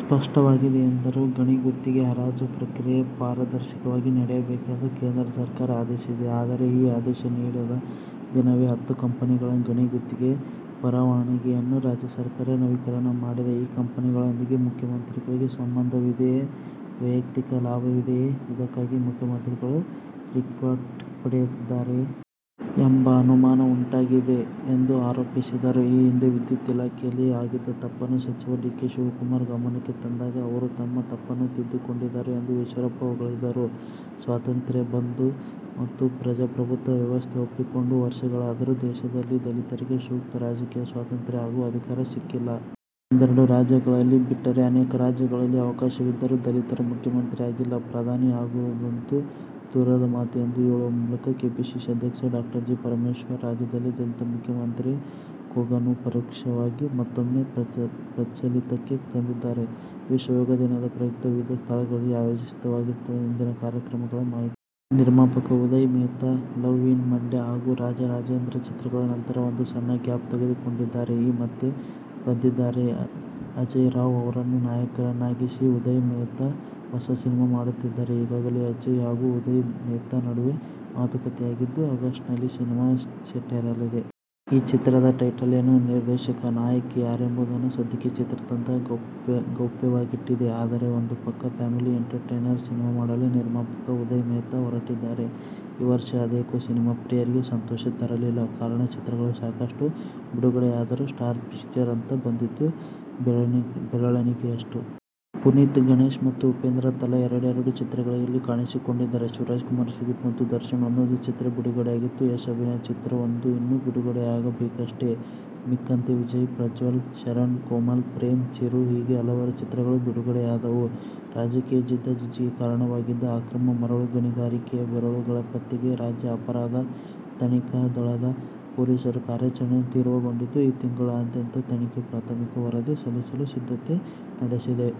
ಸ್ಪಷ್ಟವಾಗಿದೆ ಎಂದರು. ಗಣಿ ಗುತ್ತಿಗೆ ಹರಾಜು ಪ್ರಕ್ರಿಯೆ ಪಾರದರ್ಶಕವಾಗಿ ನಡೆಯಬೇಕೆಂದು ಕೇಂದ್ರ ಸರ್ಕಾರ ಆದೇಶಿಸಿದೆ. ಆದರೆ ಈ ಆದೇಶ ನೀಡಿದ ದಿನವೇ ಹತ್ತು ಕಂಪನಿಗಳ ಗಣಿ ಗುತ್ತಿಗೆ ಪರವಾನಗಿಯನ್ನು ರಾಜ್ಯ ಸರ್ಕಾರ ನವೀಕರಣ ಮಾಡಿದೆ. ಈ ಕಂಪನಿಗಳೊಂದಿಗೆ ಮುಖ್ಯಮಂತ್ರಿಗಳಿಗೆ ಸಂಬಂಧವಿದೆಯೇ? ವೈಯಕ್ತಿಕ ಲಾಭವಿದೆಯೇ? ಇದಕ್ಕಾಗಿ ಮುಖ್ಯಮಂತ್ರಿಗಳು ರಿಕ್ಬ್ಯಾಕ್ ಪಡೆದಿದ್ದಾರೆಯೇ? ಎಂಬ ಅನುಮಾನ ಉಂಟಾಗಿದೆ ಎಂದು ಆರೋಪಿಸಿದರು. ಈ ಹಿಂದೆ ವಿದ್ಯುತ್ ಇಲಾಖೆಯಲ್ಲಿ ಆಗಿದ್ದ ತಪ್ಪನ್ನು ಸಚಿವ ಡಿ. ಕೆ. ಶಿವಕುಮಾರ್ ಗಮನಕ್ಕೆ ತಂದಾಗ ಅವರು ತಮ್ಮ ತಪ್ಪನ್ನು ತಿದ್ದಿಕೊಂಡಿದ್ದರು ಎಂದು ಈಶ್ವರಪ್ಪ ಹೊಗಳಿದರು. "ಸ್ವಾತಂತ್ರ್ಯ ಬಂದು ಮತ್ತು ಪ್ರಜಾಪ್ರಭುತ್ವ ವ್ಯವಸ್ಥೆ ಒಪ್ಪಿಕೊಂಡು ವರ್ಷಗಳಾದರೂ ದೇಶದಲ್ಲಿದಲಿತರಿಗೆ ಸೂಕ್ತ ರಾಜಕೀಯ ಸ್ವಾತಂತ್ರ್ಯ ಹಾಗೂ ಅಧಿಕಾರ ಸಿಕ್ಕಿಲ್ಲ. ಒಂದೆರಡು ರಾಜ್ಯಗಳಲ್ಲಿ ಬಿಟ್ಟರೆ, ಅನೇಕರಾಜ್ಯಗಳಲ್ಲಿ ಅವಕಾಶವಿದ್ದರೂ ದಲಿತರು ಮುಖ್ಯಮಂತ್ರಿ ಆಗಿಲ್ಲ, ಪ್ರಧಾನಿ ಆಗುವುದಂತೂ ದೂರದ ಮಾತು' ಎಂದು ಹೇಳುವ ಮೂಲಕ ಕೆಪಿಸಿಸಿ ಅಧ್ಯಕ್ಷ ಡಾ. ಜಿ. ಪರಮೇಶ್ವರ್, ರಾಜ್ಯದಲ್ಲಿ ದಲಿತ ಮುಖ್ಯಮಂತ್ರಿಯ ಕೂಗನ್ನುಪರೋಕ್ಷವಾಗಿ ಮತ್ತೂಮ್ಮೆ ಪ್ರಚಲಿತಕ್ಕೆ ತಂದಿದ್ದಾರೆ. ವಿಶ್ವ ಯೋಗ ದಿನದ ಪ್ರಯುಕ್ತ ವಿವಿಧ ಸ್ಥಳಗಳಲ್ಲಿ ಆಯೋಜಿತವಾಗಿರುವ ಇಂದಿನ ಕಾರ್ಯಕ್ರಮಗಳ ಮಾಹಿತಿ. ನಿರ್ಮಾಪಕ ಉದಯ್ ಮೆಹ್ತಾ "ಲವ್ ಇನ್ ಮಂಡ್ಯ' ಹಾಗೂ "ರಾಜ ರಾಜೇಂದ್ರ' ಚಿತ್ರಗಳ ನಂತರ ಒಂದು ಸಣ್ಣ ಗ್ಯಾಪ್ ತಗೊಂಡಿದ್ದರು. ಈಗ ಮತ್ತೆ ಬಂದಿದ್ದಾರೆ. ಅಜೇಯ್ ರಾವ್ ಅವರನ್ನು ನಾಯಕರನ್ನಾಗಿಸಿ ಉದಯ್ ಮೆಹ್ತಾ ಹೊಸ ಸಿನಿಮಾ ಮಾಡುತ್ತಿದ್ದಾರೆ. ಈಗಾಗಲೇ ಅಜೇಯ್ ಹಾಗೂ ಉದಯ್ ಮೆಹ್ತಾ ನಡುವೆ ಮಾತುಕತೆಯಾಗಿದ್ದು, ಆಗಸ್ಟ್ನಲ್ಲಿ ಸಿನಿಮಾ ಸೆಟ್ಟೇರಲಿದೆ. ಈ ಚಿತ್ರದ ಟೈಟಲ್ ಏನು, ನಿರ್ದೇಶಕ, ನಾಯಕಿ ಯಾರೆಂಬುದನ್ನು ಸದ್ಯಕ್ಕೆ ಚಿತ್ರತಂಡ ಗೌಪ್ಯವಾಗಿಟ್ಟಿದೆ. ಆದರೆ, ಒಂದು ಪಕ್ಕಾ ಫ್ಯಾಮಿಲಿ ಎಂಟರ್ಟೈನರ್ ಸಿನಿಮಾ ಮಾಡಲು ನಿರ್ಮಾಪಕ ಉದಯ್ ಮೆಹ್ತಾ ಹೊರಟಿದ್ದಾರೆ. ಈ ವರ್ಷ ಅದೇಕೋ ಸಿನಿಮಾ ಪ್ರಿಯರಿಗೆ ಸಂತೋಷ ತರಲಿಲ್ಲ. ಕಾರಣ ಚಿತ್ರಗಳು ಸಾಕಷ್ಟು ಬಿಡುಗಡೆಯಾದರೂ ಸ್ಟಾರ್ ಪಿಕ್ಚರ್ ಅಂತ ಬಂದಿದ್ದು ಬೆರಳಿಣಿಕೆಯಷ್ಟು. ಪುನೀತ್, ಗಣೇಶ್ ಮತ್ತು ಉಪೇಂದ್ರ ತಲಾ ಎರಡೆರೆಡು ಚಿತ್ರಗಳಲ್ಲಿ ಕಾಣಿಸಿಕೊಂಡರು. ಶಿವರಾಜಕುಮಾರ್, ಸುದೀಪ್ ಮತ್ತು ದರ್ಶನ್ ಒಂದೊಂದು ಚಿತ್ರ ಬಿಡುಗಡೆಯಾಯಿತು. ಯಶ್ ಅಭಿನಯದ ಚಿತ್ರವೊಂದು ಇನ್ನೂ ಬಿಡುಗಡೆಯಾಗಬೇಕಷ್ಟೇ. ಮಿಕ್ಕಂತೆ ವಿಜಯ್, ಪ್ರಜ್ವಲ್, ಶರಣ್, ಕೋಮಲ್, ಪ್ರೇಮ್, ಚಿರು ಹೀಗೆ ಹಲವರ ಚಿತ್ರಗಳು ಬಿಡುಗಡೆಯಾದವು. ರಾಜಕೀಯ ಜಿದ್ದಾಜಿದ್ದಿಗೆ ಕಾರಣವಾಗಿದ್ದ "ಅಕ್ರಮ ಮರಳು ಗಣಿಗಾರಿಕೆ'ಯ ಬೇರುಗಳ ಪತ್ತೆಗೆ ರಾಜ್ಯ ಅಪರಾಧ ತನಿಖಾ ದಳ ದ ಪೊಲೀಸರ ಕಾರ್ಯಾಚರಣೆ ತೀವ್ರಗೊಂಡಿದ್ದು, ಈ ತಿಂಗಳಾಂತ್ಯಕ್ಕೆ ತನಿಖೆಯ ಪ್ರಾಥಮಿಕ ವರದಿ ಸಲ್ಲಿಸಲು ಸಿದ್ಧತೆ ನಡೆಸಿದೆ.